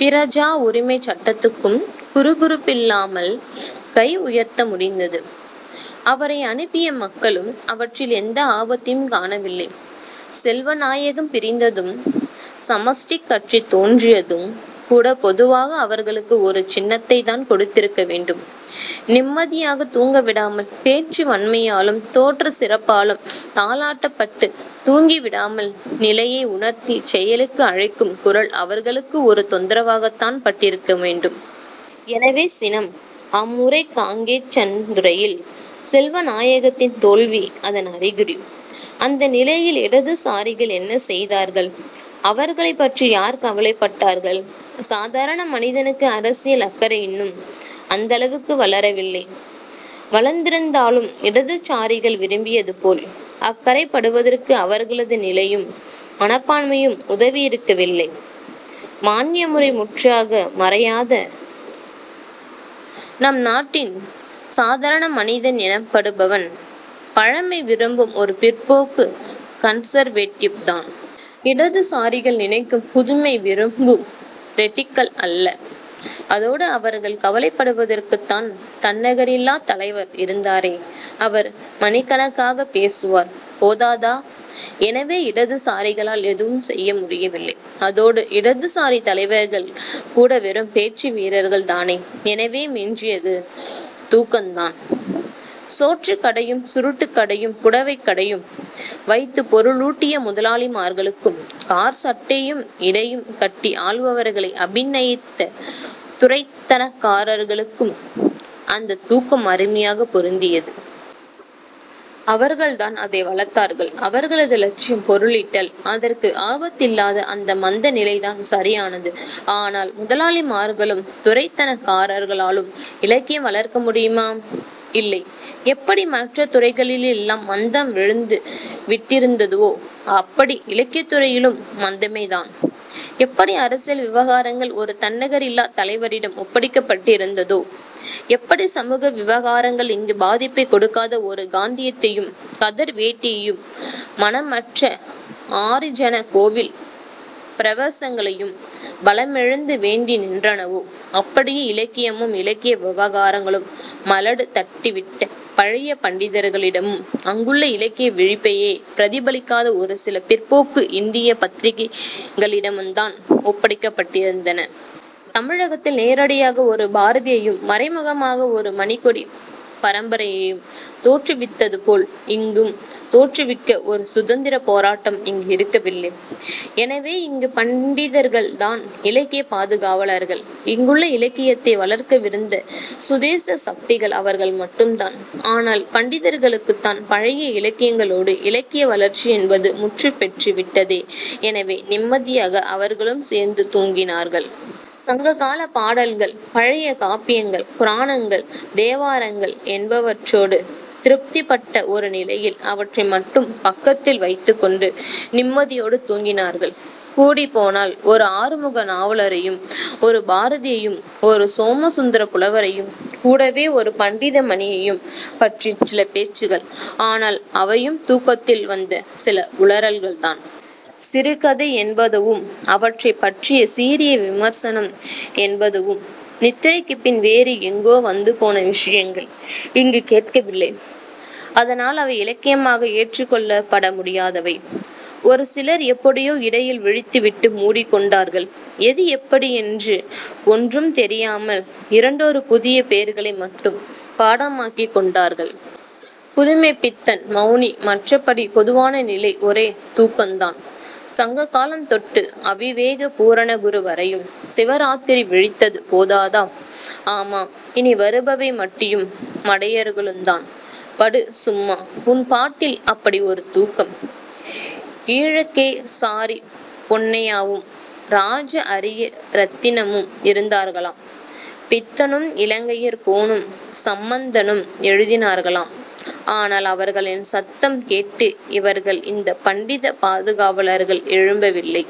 பிரஜா உரிமை சட்டத்துக்கும் குறுகுறுப்பில்லாமல் கை உயர்த்த முடிந்தது. அவரை அனுப்பிய மக்களும் அவற்றில் எந்த ஆபத்தையும் காணவில்லை. செல்வநாயகம் பிரிந்ததும் சமஷ்டிக் கட்சி தோன்றியதுங் கூட பொதுவாக அவர்களுக்கு ஒரு சினத்தைத்தான் கொடுத்திருக்க வேண்டும். நிம்மதியாகக் தூங்கவிடாமல் பேச்சு வன்மையாலும் தோற்றச் சிறப்பாலும் தாலாட்டப்பட்டுத் தூங்கிவிடாமல் நிலையை உணர்த்திச் செயலுக்கு அழைக்கும் குரல் அவர்களுக்கு ஒரு தொந்தரவாகத்தான் பட்டிருக்க வேண்டும். எனவே சினம். அம்முறை காங்கேசன்துறையில் செல்வநாயகத்தின் தோல்வி அதன் அறிகுறி. அந்த நிலையில் இடதுசாரிகள் என்ன செய்தார்கள் அவர்களைப்பற்றி யார் கவலைப்பட்டார்கள் சாதாரண மனிதனுக்கு அரசியல் அக்கறை இன்னும் அந்தளவுக்கு வளரவில்லை. வளர்ந்திருந்தாலும் இடதுசாரிகள் விரும்பியதுபோல் அக்கறைப்படுவதற்கு அவர்களது நிலையும் மனப்பான்மையும் உதவியிருக்கவில்லை. மான்யமுறை முற்றாக மறையாத நம் நாட்டின் சாதாரண மனிதன் எனப்படுபவன் பழமை விரும்பும் ஒரு பிற்போக்கு கன்சர்வேட்டிவ்' தான். இடதுசாரிகள் நினைக்கும் புதுமை விரும்பும் ரெடிக்கல் அல்ல. அதோடு அவர்கள் கவலைப்படுவதற்குத்தான் தன்னிகரில்லாத் தலைவர் இருந்தாரே அவர் மணிக்கணக்காகப் பேசுவார். போதாதா எனவே இடதுசாரிகளால் எதுவும் செய்ய முடியவில்லை. அதோடு இடதுசாரித் தலைவர்கள் கூடவெறும் பேச்சு வீரர்கள் தானே எனவே மிஞ்சியது தூக்கந்தான். சோற்றுக் கடையும் சுருட்டுக் கடையும் புடவைக் கடையும் வைத்துப் பொருளூட்டிய முதலாளிமார்களுக்கும் காற்சட்டையும் இடையும் கட்டி ஆள்பவர்களை அபிநயித்த துரைத்தனக்காரர்களுக்கும் அந்தத் தூக்கம் அருமையாகப் பொருந்தியது. அவர்கள்தான் அதை வளர்த்தார்கள். அவர்களது லட்சியம் பொருளீட்டல். அதற்கு ஆபத்தில்லாத அந்த மந்த நிலைதான் சரியானது. ஆனால் முதலாளிமார்கலும் துரைத்தனக்காரர்களாலும் இலக்கியம் வளர்க்க முடியுமா? இல்லை, எப்படி மற்ற துறைகளிலெல்லாம் மந்தம் விழுந்து விட்டிருந்ததுவோ அப்படி இலக்கியத் துறையிலும் மந்தமேதான். எப்படி அரசியல் விவகாரங்கள் ஒரு தன்னிகரில்லாத் தலைவரிடம் ஒப்படைக்கப்பட்டிருந்ததோ எப்படி சமூக விவகாரங்கள் இங்கு பாதிப்பைக் கொடுக்காத ஒரு காந்தியத்தையும் கதர் வேட்டியையும் மனமற்ற ஹாரிஜன கோவில் பிரவேசங்களையும் பலமிழந்து வேண்டி நின்றனவோ அப்படியே இலக்கியமும் இலக்கிய விவகாரங்களும் மலடு தட்டிவிட்ட பழைய பண்டிதர்களிடமும் அங்குள்ள இலக்கிய விழிப்பையே பிரதிபலிக்காத ஒரு சில பிற்போக்கு இந்தியப் பத்திரிகைகளிடமுந்தான் ஒப்படைக்கப் பட்டிருந்தன. தமிழகத்தில் நேரடியாக ஒரு பாரதியையும் மறைமுகமாக ஒரு மணிகொடிப் பரம்பரையையும் தோற்றுவித்ததுபோல் இங்கும் தோற்றுவிக்க ஒரு சுதந்திரப் போராட்டம் இங்கு இருக்கவில்லை. எனவே இங்கு பண்டிதர்கள்தான் இலக்கியப் பாதுகாவலர்கள். இங்குள்ள இலக்கியத்தை வளர்க்கவிருந்த சுதேச சக்திகள் அவர்கள் மட்டும்தான். ஆனால் பண்டிதர்களுக்குத்தான் பழைய இலக்கியங்களோடு இலக்கிய வளர்ச்சி என்பது முற்றுப்பெற்று விட்டதே எனவே நிம்மதியாக அவர்களும் சேர்ந்து தூங்கினார்கள். சங்ககாலப் பாடல்கள் பழைய காப்பியங்கள் புராணங்கள் தேவாரங்கள் என்பவற்றோடு திருப்திப்பட்ட ஒரு நிலையில் அவற்றை மட்டும் பக்கத்தில் வைத்துக்கொண்டு நிம்மதியோடு தூங்கினார்கள். கூடிப்போனால் ஒரு ஆறுமுக நாவலரையும் ஒரு பாரதியையும் ஒரு சோமசுந்தரப் புலவரையும் கூடவே ஒரு பண்டித மணியையும் பற்றிச் சில பேச்சுகள். ஆனால் அவையும் தூக்கத்தில் வந்த சில உளறல்கள்தான். சிறுகதை என்பதுவும் அவற்றைப் பற்றிய சீரிய விமர்சனம் என்பதுவும் நித்திரைக்குப் பின் வேறு எங்கோ வந்துபோன விஷயங்கள். இங்கு கேட்கவில்லை. அதனால் அவை இலக்கியமாக ஏற்றுக்கொள்ளப்படமுடியாதவை. ஒரு சிலர் எப்படியோ இடையில் விழித்துவிட்டு மூடிக்கொண்டார்கள். எது எப்படி என்று ஒன்றும் தெரியாமல் இரண்டொரு புதிய பேர்களை மட்டும் பாடமாக்கிக் கொண்டார்கள். புதுமைப்பித்தன் மெளனி மற்றபடி பொதுவான நிலை ஒரே தூக்கந்தான். சங்ககாலம் தொட்டு அவிவேக பூரணகுரு வரையும் சிவராத்திரிவிழித்தது போதாதா? ஆமாம் இனி வருபவை மட்டியும் மடையர்களுந்தான். படு சும்மா உன் பாட்டில் அப்படி ஒரு தூக்கம். ஈழகேசாரிப் பொன்னையாவும் ராஜ அரிய இரெத்தினமும் இருந்தார்களாம். பித்தனும் இலங்கையர் கோனும் சம்பந்தனும் எழுதினார்களாம். ஆனால் அவர்களின் சத்தம் கேட்டு இவர்கள் இந்தப் பண்டிதப் பாதுகாவலர்கள் எழும்பவில்லை.